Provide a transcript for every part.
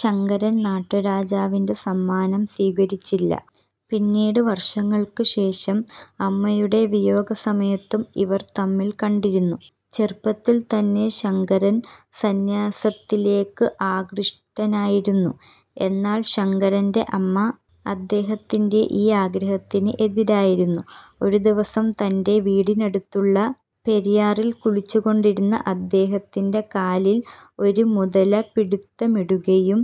ശങ്കരൻ നാട്ടുരാജാവിന്റെ സമ്മാനം സ്വീകരിച്ചില്ല. പിന്നീട് വർഷങ്ങൾക്ക് ശേഷം അമ്മയുടെ വിയോഗസമയത്തും ഇവർ തമ്മിൽ കണ്ടിരുന്നു. ചെറുപ്പത്തിൽ തന്നെ ശങ്കരൻ സന്ന്യാസത്തിലേക്കു ആകൃഷ്ടനായിരുന്നു. എന്നാൽ ശങ്കരന്റെ അമ്മ അദ്ദേഹത്തിന്റെ ഈ ആഗ്രഹത്തിന് എതിരായിരുന്നു. ഒരു ദിവസം തന്റെ വീട്ടിനടുത്തുള്ള പെരിയാറിൽ കുളിച്ചു കൊണ്ടിരുന്ന അദ്ദേഹത്തിന്റെ കാലിൽ ഒരു മുതല പിടിത്തമിടുകയും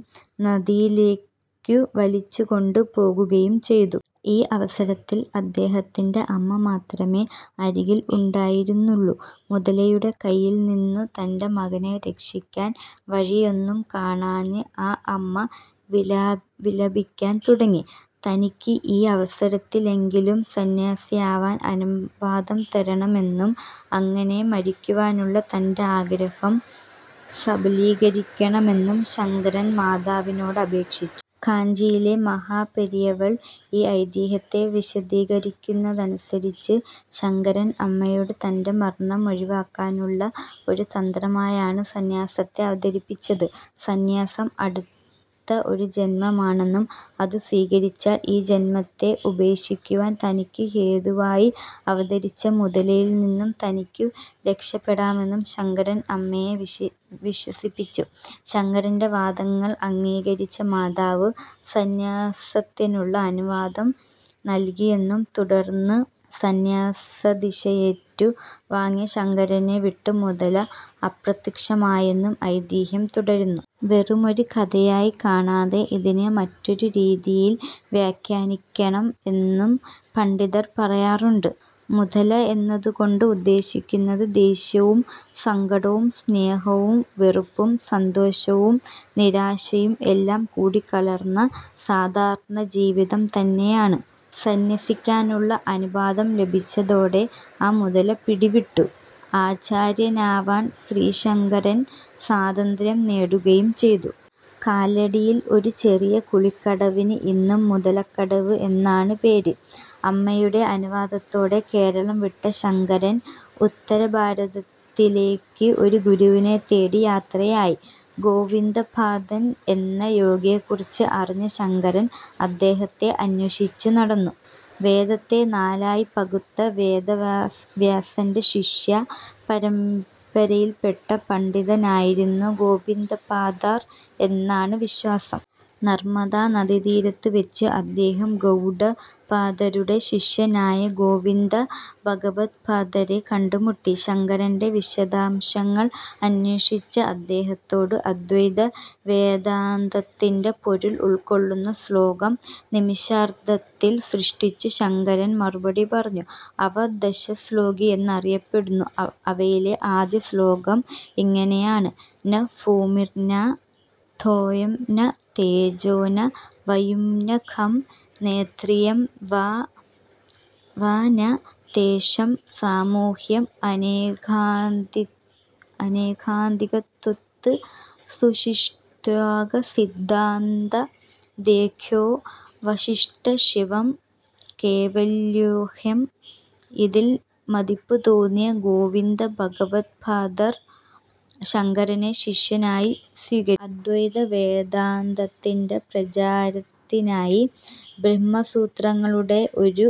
നദിയിലേക്കു വലിച്ചു കൊണ്ടു പോകുകയും ചെയ്തു. ഈ അവസരത്തിൽ അദ്ദേഹത്തിന്റെ അമ്മ മാത്രമേ അരികിൽ ഉണ്ടായിരുന്നുള്ളൂ. മുതലയുടെ കയ്യിൽ നിന്നു തന്റെ മകനെ രക്ഷിക്കാൻ വഴിയൊന്നും കാണാഞ്ഞ് ആ അമ്മ വിലപിക്കാൻ തുടങ്ങി. തനിക്ക് ഈ അവസരത്തിലെങ്കിലും സന്ന്യാസിയാവാൻ അനുവാദം തരണമെന്നും അങ്ങനെ മരിക്കുവാനുള്ള തന്റെ ആഗ്രഹം സഫലീകരിക്കണമെന്നും ശങ്കരൻ മാതാവിനോട് അപേക്ഷിച്ചു. കാഞ്ചിയിലെ മഹാപെരിയവൾ ഈ ഐതിഹ്യത്തെ വിശദീകരിക്കുന്നതനുസരിച്ച്, ശങ്കരൻ അമ്മയോട് തന്റെ മരണമൊഴിവാക്കാനുള്ള ഒരു തന്ത്രമായാണ് സന്ന്യാസത്തെ അവതരിപ്പിച്ചത്. സന്ന്യാസം അടുത്ത ഒരു ജന്മമാണെന്നും അതു സ്വീകരിച്ചാൽ, ഈ ജന്മത്തെ ഉപേക്ഷിക്കുവാൻ തനിക്കു ഹേതുവായി അവതരിച്ച മുതലയിൽ നിന്നും തനിക്കു രക്ഷപ്പെടാമെന്നും ശങ്കരൻ അമ്മയെ വിശ്വസിപ്പിച്ചു. ശങ്കരന്റെ വാദങ്ങൾ അംഗീകരിച്ച മാതാവ് സന്ന്യാസത്തിനുള്ള അനുവാദം നൽകിയെന്നും തുടർന്ന് സന്ന്യാസദീക്ഷയേറ്റു വാങ്ങിയ ശങ്കരനെ വിട്ട് മുതല അപ്രത്യക്ഷമായെന്നും ഐതിഹ്യം തുടരുന്നു. വെറുമൊരു കഥയായി കാണാതെ ഇതിനെ മറ്റൊരു രീതിയിൽ വ്യാഖ്യാനിക്കണം എന്നും പണ്ഡിതർ പറയാറുണ്ട്. മുതല എന്നതു കൊണ്ട് ഉദ്ദേശിക്കുന്നത് ദേഷ്യവും സങ്കടവും സ്നേഹവും വെറുപ്പം സന്തോഷവും നിരാശയും എല്ലാം കൂടിക്കലർന്ന സാധാരണ ജീവിതം തന്നെയാണ്. സന്യസിക്കാനുള്ള അനുവാദം ലഭിച്ചതോടെ ആ 'മുതല' പിടിവിട്ടു. ആചാര്യനാവാൻ ശ്രീശങ്കരൻ സ്വാതന്ത്ര്യം നേടുകയും ചെയ്തു. കാലടിയിൽ ഒരു ചെറിയ കുളിക്കടവിന് ഇന്നും "മുതലക്കടവ്" എന്നാണ് പേര്. അമ്മയുടെ അനുവാദത്തോടെ കേരളം വിട്ട ശങ്കരൻ ഉത്തര ഭാരതത്തിലേക്ക് ഒരു ഗുരുവിനെ തേടി യാത്രയായി. ഗോവിന്ദപാദൻ എന്ന യോഗിയെക്കുറിച്ച് അറിഞ്ഞ ശങ്കരൻ അദ്ദേഹത്തെ അന്വേഷിച്ച് നടന്നു. വേദത്തെ നാലായി പകുത്ത വേദവ്യാസന്റെ ശിഷ്യ പരമ്പരയിൽപ്പെട്ട പണ്ഡിതനായിരുന്നു ഗോവിന്ദപാദർ എന്നാണ് വിശ്വാസം. നർമദാ നദീതീരത്തു വച്ച് അദ്ദേഹം ഗൗഡപാദരുടെ ശിഷ്യനായ ഗോവിന്ദഭഗവദ്പാദരെ കണ്ടു മുട്ടി. ശങ്കരന്റെ വിശദാംശങ്ങൾ അന്വേഷിച്ച അദ്ദേഹത്തോട്, അദ്വൈത വേദാന്തത്തിന്റെ പൊരുൾ ഉൾക്കൊള്ളുന്ന ശ്ലോകം നിമിഷാർദ്ധത്തിൽ സൃഷ്ടിച്ചു ശങ്കരൻ മറുപടി പറഞ്ഞു. അവ ദശശ്ലോകി എന്നറിയപ്പെടുന്നു. അവയിലെ ആദ്യ ശ്ലോകം ഇങ്ങനെയാണ്. ന ഭൂമിർന തോയം ന തേജോ ന വായുഃന ഖം നേന്ദ്രിയം വാ ന തേഷാം സമൂഹഃഅനേകാന്തികത്വാത് സുഷുപ്ത്യേകസിദ്ദഃതദേകോഽവശിഷ്ടഃ ശിവഃ കേവലോഽഹം ഇതിൽ മതിപ്പു തോന്നിയ ഗോവിന്ദഭഗവദ്പാദർ ശങ്കരനെ ശിഷ്യനായി സ്വീകരിച്ചു. അദ്വൈത വേദാന്തത്തിന്റെ പ്രചാരത്തിനായി ബ്രഹ്മസൂത്രങ്ങളുടെ ഒരു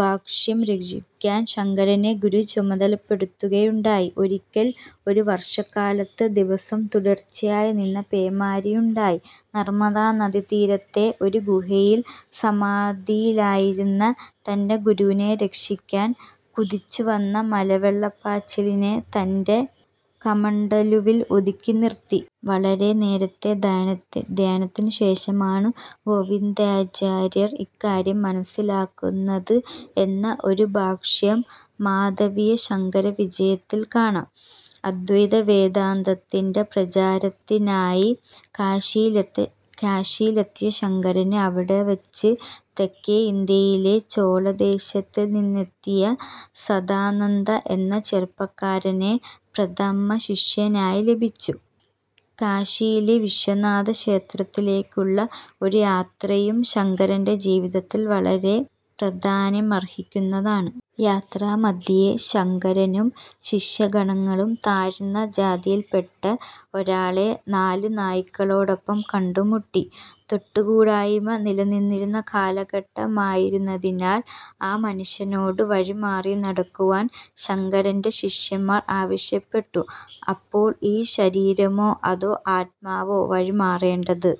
ഭാഷ്യം രചിക്കാൻ ശങ്കരനെ ഗുരു ചുമതലപ്പെടുത്തുകയുണ്ടായി. ഒരിക്കൽ ഒരു വർഷക്കാലത്ത് ദിവസം തുടർച്ചയായി നിന്ന പേമാരിയുണ്ടായി. നർമദാ നദീ തീരത്തെ ഒരു ഗുഹയിൽ സമാധിയിലായിരുന്ന തന്റെ ഗുരുവിനെ രക്ഷിക്കാൻ, കുതിച്ചു വന്ന മലവെള്ളപ്പാച്ചിലിനെ തന്റെ കമണ്ഡലുവിൽ ഒതുക്കി നിർത്തി. വളരെ നേരത്തെ ധ്യാനത്തിനു ശേഷമാണ് ഗോവിന്ദാചാര്യർ ഇക്കാര്യം മനസ്സിലാക്കുന്നത് എന്ന ഒരു ഭാഷ്യം മാധവീയ ശങ്കരവിജയത്തിൽ കാണാം. അദ്വൈത വേദാന്തത്തിന്റെ പ്രചാരത്തിനായി കാശിയിലെത്തിയ ശങ്കരന്, അവിടെ വച്ച് തെക്കേ ഇന്ത്യയിലെ ചോളദേശത്തിൽ നിന്നെത്തിയ സദാനന്ദ എന്ന ചെറുപ്പക്കാരനെ പ്രഥമ ശിഷ്യനായി ലഭിച്ചു. കാശിയിലെ വിശ്വനാഥ ക്ഷേത്രത്തിലേക്കുള്ള ഒരു യാത്രയും ശങ്കരന്റെ ജീവിതത്തിൽ വളരെ പ്രാധാന്യമർഹിക്കുന്നതാണ്. യാത്രാമധ്യേ, ശങ്കരനും ശിഷ്യഗണങ്ങളും താഴ്ന്ന ജാതിയിൽ പെട്ട ഒരാളെ നാലു നായ്ക്കളോടൊപ്പം കണ്ടു മുട്ടി. 'തൊട്ടു കൂടായ്മ' നിലവിലിരുന്ന കാലഘട്ടമായിരുന്നതിനാൽ, ആ മനുഷ്യനോട് വഴി മാറി നടക്കുവാൻ ശങ്കരന്റെ ശിഷ്യന്മാർ ആവശ്യപ്പെട്ടു. അപ്പോൾ, "ഈ ശരീരമോ അതോ ആത്മാവോ വഴി മാറേണ്ടത്"